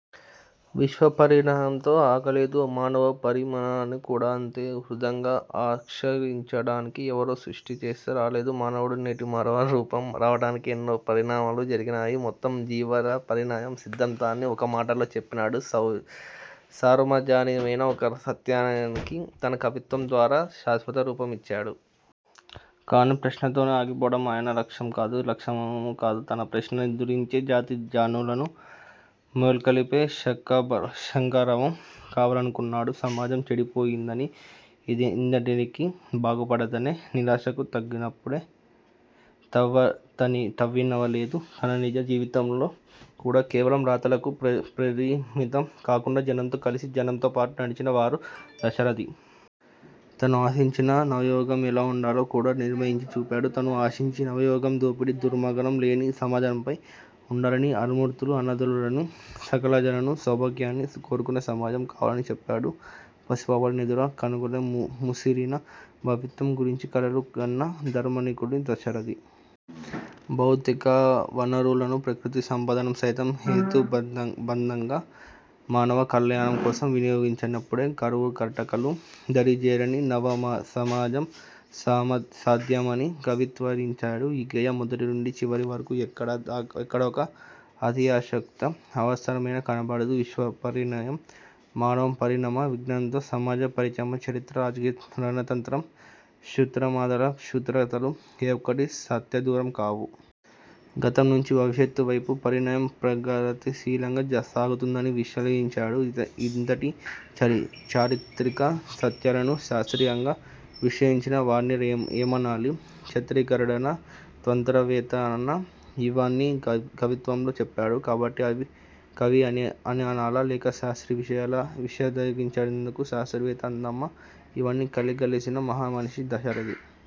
విశ్వపరిణామంతోఆకలితో. మానవ పరిణామాన్ని కూడా అంతే హృద్యంగా అక్షరీకరించాడు. ఎవరో సృష్టిచేస్తే రాలేదు మానవుడు. నేటి మానవ రూపం రావటానికి ఎన్నో పరిణామాలు జరిగాయని, మొత్తం జీవపరిణామం సిద్ధాంతాన్ని ఒక్కమాటలో చెప్పినాడు. సార్వజనీనమైన ఒక సత్యానికి తన కవిత్వం ద్వారా శాశ్వత రూపం ఇచ్చాడు. కానీ ప్రశ్నతోనే ఆగిపోవటం ఆయన లక్ష్యం కాదు, లక్షణమూ కాదు. తన ప్రశ్న నిదురించే జాతి జనులను మేల్కొలిపే శంఖారావం కావాలనుకున్నాడు. సమాజం చెడిపోయిందనీ, ఇదెన్నటికీ బాగుపడదనే నిరాశకు తగినప్పుడే తావివ్వలేదు. తన నిజ జీవితంలో కూడా కేవలం రాతలకే పరిమితం కాకుండా జనంతో కలసి, జనంతో పాటు నడిచిన వాడు దాశరథి. తాను ఆశించిన నవయుగం ఎలా ఉండాలో కూడా నిర్వచించి చూపాడు. తాను ఆశించే నవయుగం దోపిడీ, దుర్మార్గం లేని సమాజమై ఉండాలనీ, అన్నార్తులు, అనాథలుండని సకలజనుల సౌభాగ్యాన్ని కోరుకునే సమాజం కావాలనీ చెప్పాడు. పసిపాపల నిదుర కనులలో ముసిరిన భవిత్యం గురించి కలలు గన్న దార్శనికుడు దాశరథి. భౌతిక వనరులను, ప్రకృతి సంపదను సైతం హేతుబద్ధంగా మానవ కల్యాణం కోసం వినియోగించినపుడే కరువుకాటకాలు దరిజేరని నవసమాజం సాధ్యమని కవిత్వీకరించినాడు. ఈ గేయం మొదటి నుండి చివరి వరకు ఎక్కడా ఒక్క అతిశయోక్తో, అవాస్తవమో కనబడదు. విశ్వపరిణామం, మానవ పరిణామ విజ్ఞానంతో సమాజ పరిణామ చరిత్ర, రాజకీయ రణతంత్రం, క్షుద్రమతాల కుతంత్రాలు ఏ ఒక్కటీ సత్యదూరం కావు. గతం నుంచి భవిష్యత్తు వైపు పరిణామం ప్రగతిశీలంగా సాగుతుందనీ విశ్లేషించాడు. ఇంతటి చారిత్రక సత్యాలను శాస్ర్తీయంగా విశ్లేషించిన వాణ్ణి ఏమనాలి? చరిత్రకారుడనా? తత్వవేత్త అనా? ఇవన్నీ కవిత్వంలో చెప్పాడు కాబట్టి కవి అని అనాలా? లేక శాస్త్ర విషయాలను విశదీకరించినందుకు శాస్త్రవేత్త అందామా? ఇవన్నీ కలగలిసిన మహా మనిషి దాశరథి.